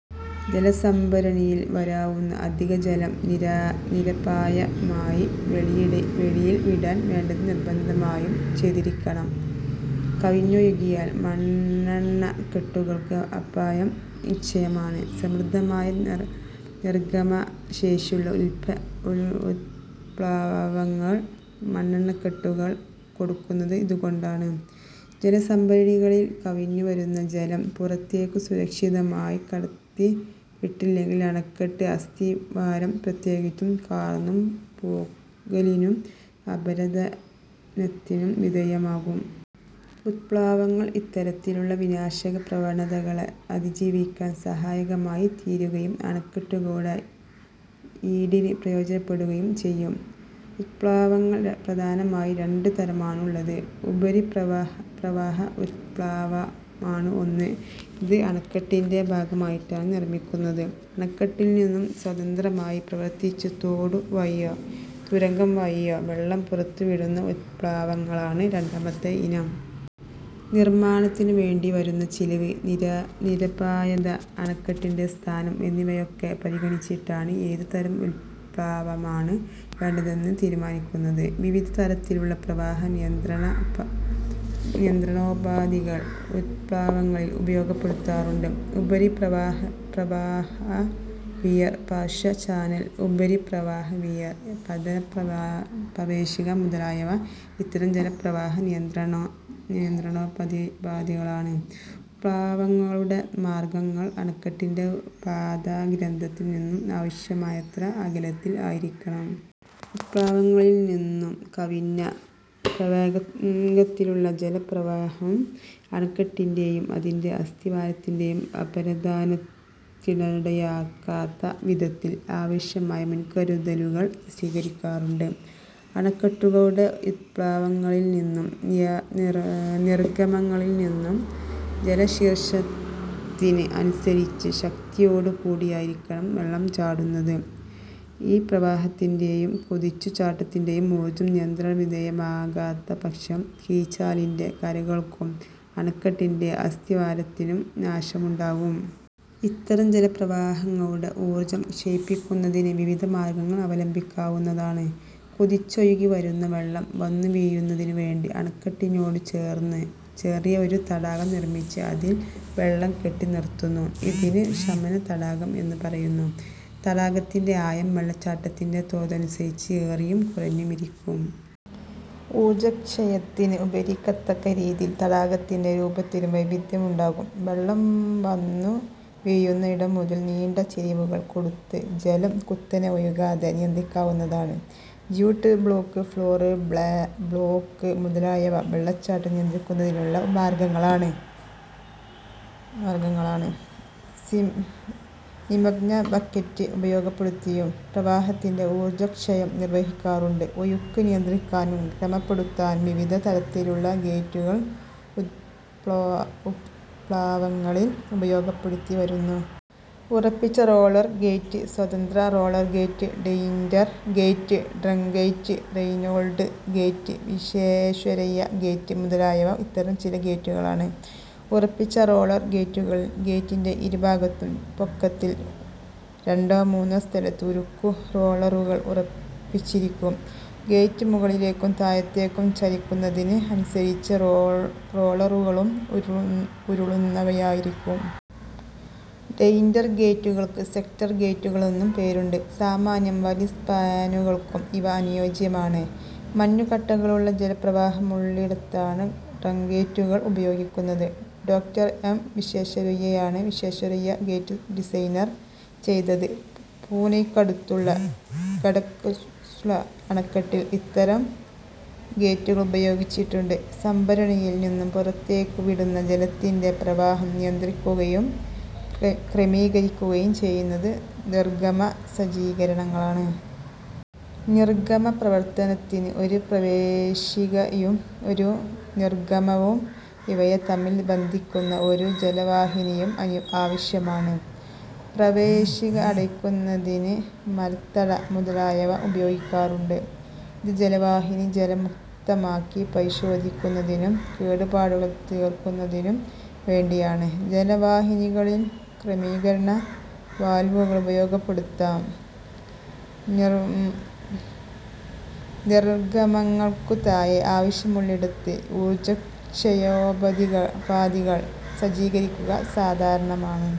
ജലസംഭരണിയിൽ വരാവുന്ന അധിക ജലം നിരപായമായി വെളിയിൽ വിടാൻ വേണ്ടത് നിർബന്ധമായും ചെയ്തിരിയ്ക്കണം. കവിഞ്ഞൊഴുകിയാൽ മണ്ണണക്കെട്ടുകൾക്ക് അപായം നിശ്ചയമാണ്. സമൃദ്ധമായ നിർഗ്ഗമ ശേഷിയുള്ള ഉത്പ്ളാവങ്ങൾ മണ്ണണക്കെട്ടുകൾക്കു കൊടുക്കുന്നത് ഇതുകൊണ്ടാണ്. ജലസംഭരണികളിൽ കവിഞ്ഞു വരുന്ന ജലം പുറത്തേക്കു സുരക്ഷിതമായി കടത്തി വിട്ടില്ലെങ്കിൽ അണക്കെട്ട്, അസ്ഥിവാരം പ്രത്യേകിച്ചും, കാർന്നു പോകലിനും അപരദനത്തിനും വിധേയമാകും. ഉത്പ്ളാവങ്ങൾ ഇത്തരത്തിലുള്ള വിനാശക പ്രവണതകളെ അതിജീവിക്കാൻ സഹായകമായി തീരുകയും അണക്കെട്ടുകളുടെ ഈടിന് പ്രയോജനപ്പെടുകയും ചെയ്യും. ഉത്പ്ളാവങ്ങൾ പ്രധാനമായി രണ്ടു തരമാണുള്ളത്. ഉപരിപ്രവാഹ ഉത്പ്ളാവമാണ് ഒന്ന്. ഇത് അണക്കെട്ടിന്റെ ഭാഗമായിട്ടാണ് നിർമ്മിക്കുന്നത്. അണക്കെട്ടിൽനിന്നും സ്വതന്ത്രമായി പ്രവർത്തിച്ച് തോടു വഴിയോ തുരങ്കം വഴിയോ വെള്ളം പുറത്തു വിടുന്ന ഉത്പ്ളാവങ്ങളാണ് രണ്ടാമത്തെ ഇനം. നിർമ്മാണത്തിനു വേണ്ടിവരുന്ന ചിലവ്, നിരപായത, അണക്കെട്ടിന്റെ സ്ഥാനം എന്നിവയൊക്കെ പരിഗണിച്ചിട്ടാണ് ഏതു തരം ഉത്പ്ളാവമാണ് വേണ്ടതെന്ന് തീരുമാനിക്കുന്നത്. വിവിധ തരത്തിലുള്ള പ്രവാഹ നിയന്ത്രണോപാധികൾ ഉത്പ്ളാവങ്ങളിൽ ഉപയോഗപ്പെടുത്താറുണ്ട്. 'ഉപരിപ്രവാഹവിയർ', 'പാർശ്വ ചാനൽ ഉപരിപ്രവാഹ വിയർ', 'പതന പ്രവേശിക' മുതലായവ ഇത്തരം ജലപ്രവാഹ നിയന്ത്രണോപാധികളാണ്. ഉത്പ്ളാവങ്ങളുടെ നിർഗ്ഗമങ്ങൾ അണക്കെട്ടിന്റെ പാദാഗ്രത്തിൽ നിന്നും ആവശ്യമായത്ര അകലത്തിൽ ആയിരിക്കണം. ഉത്പ്ളാവങ്ങളിൽ നിന്നും കവിഞ്ഞ പ്രവേഗത്തിലുള്ള ജല പ്രവാഹം അണക്കെട്ടിന്റെയും അതിന്റെ അസ്ഥിവാരത്തിന്റെയും അപരദനത്തിനിടയാകാത്ത വിധത്തിൽ ആവശ്യമായ മുൻകരുതലുകൾ സ്വീകരിക്കാറുണ്ട്. അണക്കെട്ടുകളുടെ ഉത്പ്ളാവങ്ങളിൽ നിന്നും നിർഗ്ഗമങ്ങളിൽ നിന്നും ജലശീർഷത്തിന് അനുസരിച്ച് ശക്തിയോടു കൂടിയായിരിക്കും വെള്ളം ചാടുന്നത്. ഈ പ്രവാഹത്തിന്റെയും, കുതിച്ചു ചാട്ടത്തിന്റെയും ഊർജ്ജം നിയന്ത്രണ വിധേയമാക്കാത്ത പക്ഷം കീഴ്ചാലിന്റെ കരകൾക്കും അണക്കെട്ടിന്റെ അസ്ഥിവാരത്തിനും നാശമുണ്ടാകും. ഇത്തരം ജലപ്രവാഹങ്ങളുടെ ഊർജ്ജം ക്ഷയിപ്പിക്കുന്നതിന് വിവിധ മാർഗ്ഗങ്ങൾ അവലംബിക്കാവുന്നതാണ്. കുതിച്ചൊഴുകി വരുന്ന വെള്ളം വന്നു വീഴുന്നതിനു വേണ്ടി അണക്കെട്ടിനോടു ചേർന്ന് ചെറിയ ഒരു തടാകം നിർമ്മിച്ച് അതിൽ വെള്ളം കെട്ടി നിർത്തുന്നു. ഇതിന് 'ശമന തടാകം' എന്നു പറയുന്നു. തടാകത്തിന്റെ ആഴം വെള്ളച്ചാട്ടത്തിന്റെ തോതനുസരിച്ച് ഏറിയും കുറഞ്ഞുമിരിക്കും. ഊർജക്ഷയത്തിന് ഉപകരിക്കത്തക്ക രീതിയിൽ തടാകത്തിന്റെ രൂപത്തിലും വൈവിദ്ധ്യമുണ്ടാകും. വെള്ളം വന്നു വീഴുന്ന ഇടം മുതൽ നീണ്ട ചരിവുകൾ കൊടുത്ത് ജലം കുത്തനെ ഒഴുകാതെ നിയന്ത്രിക്കാവുന്നതാണ്. ച്യൂട്ട് ബ്ളോക്ക്, ഫ്ളോർ ബ്ളോക്ക് മുതലായവ വെള്ളച്ചാട്ടം നിയന്ത്രിക്കുന്നതിനുള്ള മാർഗ്ഗങ്ങളാണ്. 'നിമഗ്നബക്കറ്റ്' ഉപയോഗപ്പെടുത്തിയും പ്രവാഹത്തിന്റെ ഊർജ്ജ ക്ഷയം നിർവ്വഹിക്കാറുണ്ട്. ഒഴുക്ക് നിയന്ത്രിക്കാനും ക്രമപ്പെടുത്താനും വിവിധ തരത്തിലുള്ള ഗേറ്റുകൾ ഉത്പ്ളാവങ്ങളിൽ ഉപയോഗപ്പെടുത്തി വരുന്നു. ഉറപ്പിച്ച റോളർ ഗേറ്റ്, സ്വതന്ത്ര roller gate, Tainter gate, drum gate, Reynold gate, Visvesvaraya gate മുതലായവ ഇത്തരം ചില ഗേറ്റുകളാണ്. ഉറപ്പിച്ച റോളർ ഗേറ്റുകളിൽ ഗേറ്റിന്റെ ഇരു ഭാഗത്തും പൊക്കത്തിൽ രണ്ടോ മൂന്നോ സ്ഥലത്ത് ഉരുക്കു റോളറുകൾ ഉറപ്പിച്ചിരിക്കും. ഗേറ്റ് മുകളിലേക്കും താഴത്തേക്കും ചലിക്കുന്നതിന് അനുസരിച്ച് റോളറുകളും ഉരുളുന്നവയായിരിക്കും. ടെയിന്റർ ഗേറ്റുകൾക്ക് സെക്ടർ ഗേറ്റുകളെന്നും പേരുണ്ട്. സാമാന്യം വലിയ സ്പാനുകൾക്കും ഇവ അനുയോജ്യമാണ്. മഞ്ഞു കട്ടകളുള്ള ജലപ്രവാഹമുള്ളിടത്താണ് ഡ്രംഗേറ്റുകൾ ഉപയോഗിക്കുന്നത്. ഡോ. എം. വിശ്വേശ്വരയ്യയാണ് വിശ്വേശ്വരയ്യ ഗേറ്റ് ഡിസൈൻ ചെയ്തത്. പൂനയ്ക്കടുത്തുള്ള ഖഡക്വാസ്ല അണക്കെട്ടിൽ ഇത്തരം ഗേറ്റുകൾ ഉപയോഗിച്ചിട്ടുണ്ട്. സംഭരണിയിൽ നിന്നും പുറത്തേക്കു വിടുന്ന ജലത്തിന്റെ പ്രവാഹം നിയന്ത്രിക്കുകയും ക്രമീകരിക്കുകയും ചെയ്യുന്നത് നിർഗ്ഗമ സജ്ജീകരണങ്ങളാണ്. നിർഗ്ഗമ പ്രവർത്തനത്തിന് ഒരു പ്രവേശിക യും, ഒരു നിർഗ്ഗമ വും ഇവയെ തമ്മിൽ ബന്ധിക്കുന്ന ഒരു ജലവാഹിനിയും ആവശ്യമാണ്. പ്രവേശിക അടയ്ക്കുന്നതിന് 'മരത്തട' മുതലായവ ഉപയോഗിക്കാറുണ്ട്. ഇത് ജലവാഹിനി ജലമുക്തമാക്കി പരിശോധിക്കുന്നതിനും കേടുപാടുകൾ തീർക്കുന്നതിനും വേണ്ടിയാണ്. ജലവാഹിനികളിൽ ക്രമീകരണ വാൽവുകൾ ഉപയോഗപ്പെടുത്താം. നിർഗ്ഗമങ്ങൾക്കു താഴെ ആവശ്യമുള്ളിടത്ത് ഊർജ്ജക്ഷയോപാധികൾ സജ്ജീകരിക്കുക സാധാരണമാണ്.